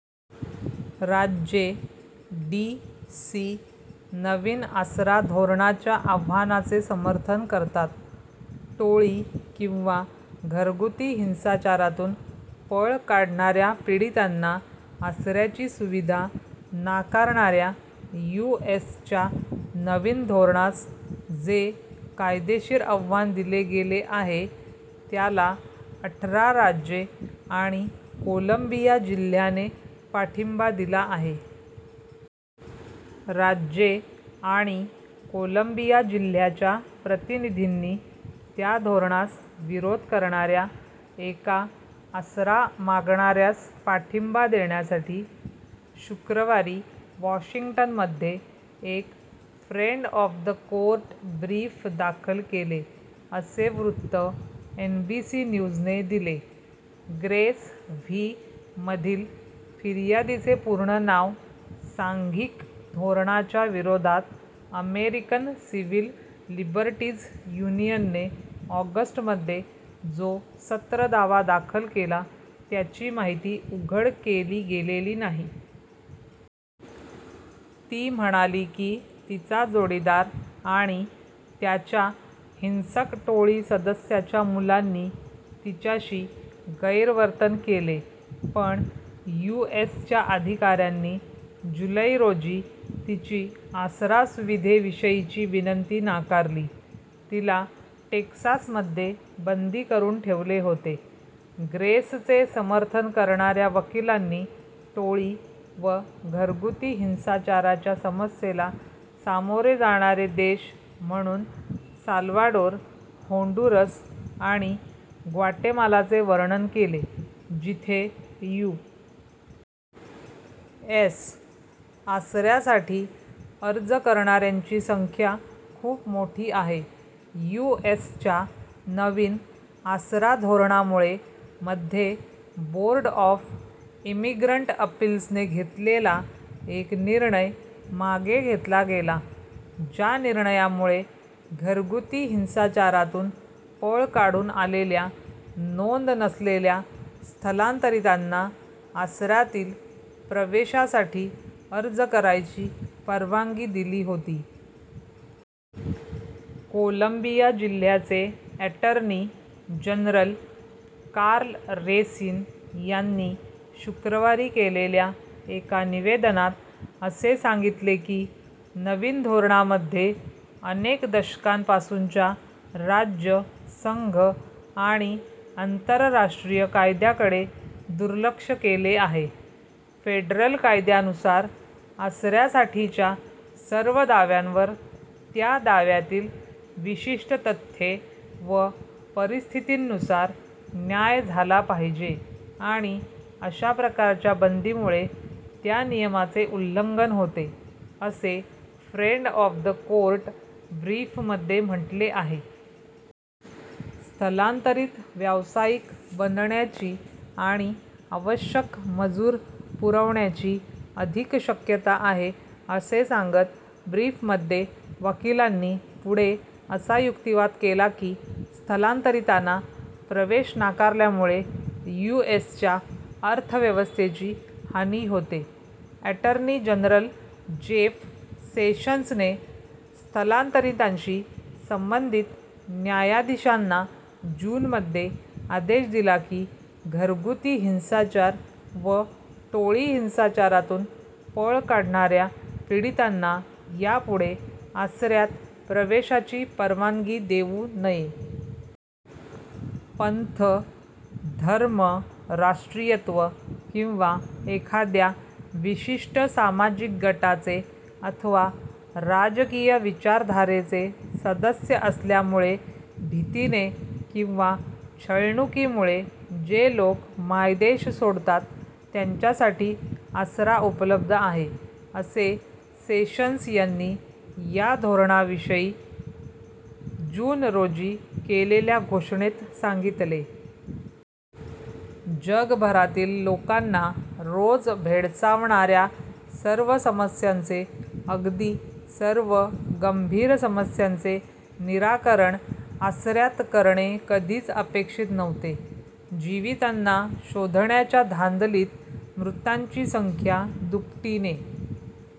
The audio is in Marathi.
राज्ये, डी. सी. नवीन आसरा धोरणाच्या आव्हानाचे समर्थन करतात. टोळी किंवा घरगुती हिंसाचारातून पळ काढणाऱ्या पीडितांना आसऱ्याची सुविधा नाकारणाऱ्या यू. एस. च्या नवीन धोरणास जे कायदेशीर आव्हान दिले गेले आहे त्याला अठरा राज्ये आणि कोलंबिया जिल्ह्याने पाठिंबा दिला आहे. राज्ये आणि कोलंबिया जिल्ह्याच्या प्रतिनिधींनी, त्या धोरणास विरोध करणाऱ्या एका आसरा-मागणाऱ्यास पाठिंबा देण्यासाठी शुक्रवारी वॉशिंग्टनमध्ये एक फ्रेंड-ऑफ-द-कोर्ट ब्रीफ दाखल केले, असे वृत्त एनबीसी न्यूजने दिले. Grace v. मधील फिर्यादीचे पूर्ण नाव सांघिक धोरणाच्या विरोधात अमेरिकन सिव्हिल लिबर्टीज यूनियनने ऑगस्टमध्ये जो सत्र दावा दाखल केला त्याची माहिती उघड केली गेलेली नाही. ती म्हणाली की तिचा जोडीदार "आणि त्याच्या हिंसक टोळी सदस्याच्या मुलांंनी" तिच्याशी गैरवर्तन केले पण यू. एस. च्या अधिकाऱ्यांनी जुलै रोजी तिची आसरा सुविधेविषयीची विनंती नाकारली. तिला टेक्सासमध्ये बंदी करून ठेवले होते. ग्रेसचे समर्थन करणाऱ्या वकिलांनी टोळी व घरगुती हिंसाचाराच्या समस्येला सामोरे जाणारे देश म्हणून साल्वाडोर, होंडुरस आणि ग्वाटेमालाचे वर्णन केले, जिथे यू. एस. आसऱ्यासाठी अर्ज करणाऱ्यांची संख्या खूप मोठी आहे. यू. एस. च्या नवीन आसरा धोरणामुळे मध्ये बोर्ड ऑफ इमिग्रंट अपील्सने घेतलेला एक निर्णय मागे घेतला गेला, ज्या निर्णयामुळे घरगुती हिंसाचारातून पळ काढून आलेल्या, नोंद नसलेल्या स्थलांतरीतांना आसऱ्यातील प्रवेशासाठी अर्ज करायची परवानगी दिली होती. कोलंबिया जिल्ह्याचे अॅटर्नी जनरल कार्ल रेसिन यांनी शुक्रवारी केलेल्या एका निवेदनात असे सांगितले की नवीन धोरणामध्ये "अनेक दशकांपासूनच्या राज्य, संघ आणि आंतरराष्ट्रीय कायद्याकडे दुर्लक्ष केले आहे. " "फेडरल कायद्यानुसार आसऱ्यासाठीच्या सर्व दाव्यांवर, त्या दाव्यातील विशिष्ट तथ्ये व परिस्थितींनुसार न्याय झाला पाहिजे आणि अशा प्रकारच्या बंदीमुळे त्या नियमाचे उल्लंघन होते," असे फ्रेंड-ऑफ-द कोर्ट ब्रीफमध्ये म्हटले आहे. स्थलांतरीत व्यावसायिक बनण्याची आणि "आवश्यक मजूर पुरवण्याची" अधिक शक्यता आहे असे सांगत ब्रीफमध्ये वकिलांनी पुढे असा युक्तिवाद केला की स्थलांतरींताना प्रवेश नाकारल्यामुळे यू. एस. च्या अर्थव्यवस्थेची हानी होते अॅटर्नी जनरल जेफ सेशंसने स्थलांतरीतांशी संंबंधित न्यायाधीशांना जूनमध्ये आदेश दिला की घरगुती हिंसाचार व टोळी हिंसाचारातून पळ काढणाऱ्या पीडितांना यापुढे आसऱ्यात प्रवेशाची परवानगी देऊ नये. "पंथ, धर्म, राष्ट्रीयत्व किंवा एखाद्या विशिष्ट सामाजिक गटाचे अथवा राजकीय विचारधारेचे सदस्य असल्यामुळे भीतीने किंवा छळणुकीमुळे जे लोक मायदेश सोडतात त्यांच्यासाठी आसरा उपलब्ध आहे," असे सेशंस यांनी या धोरणाविषयी जून रोजी केलेल्या घोषणेत सांगितले. जगभरातील लोकांना रोज भेडसावणाऱ्या सर्व समस्यांचे -- अगदी सर्व गंभीर समस्यांचे -- निराकरण आसऱ्यात करणे कधीच अपेक्षित नव्हते. जीवितांना शोधण्याच्या धांदलीत मृतांची संख्या दुपटीने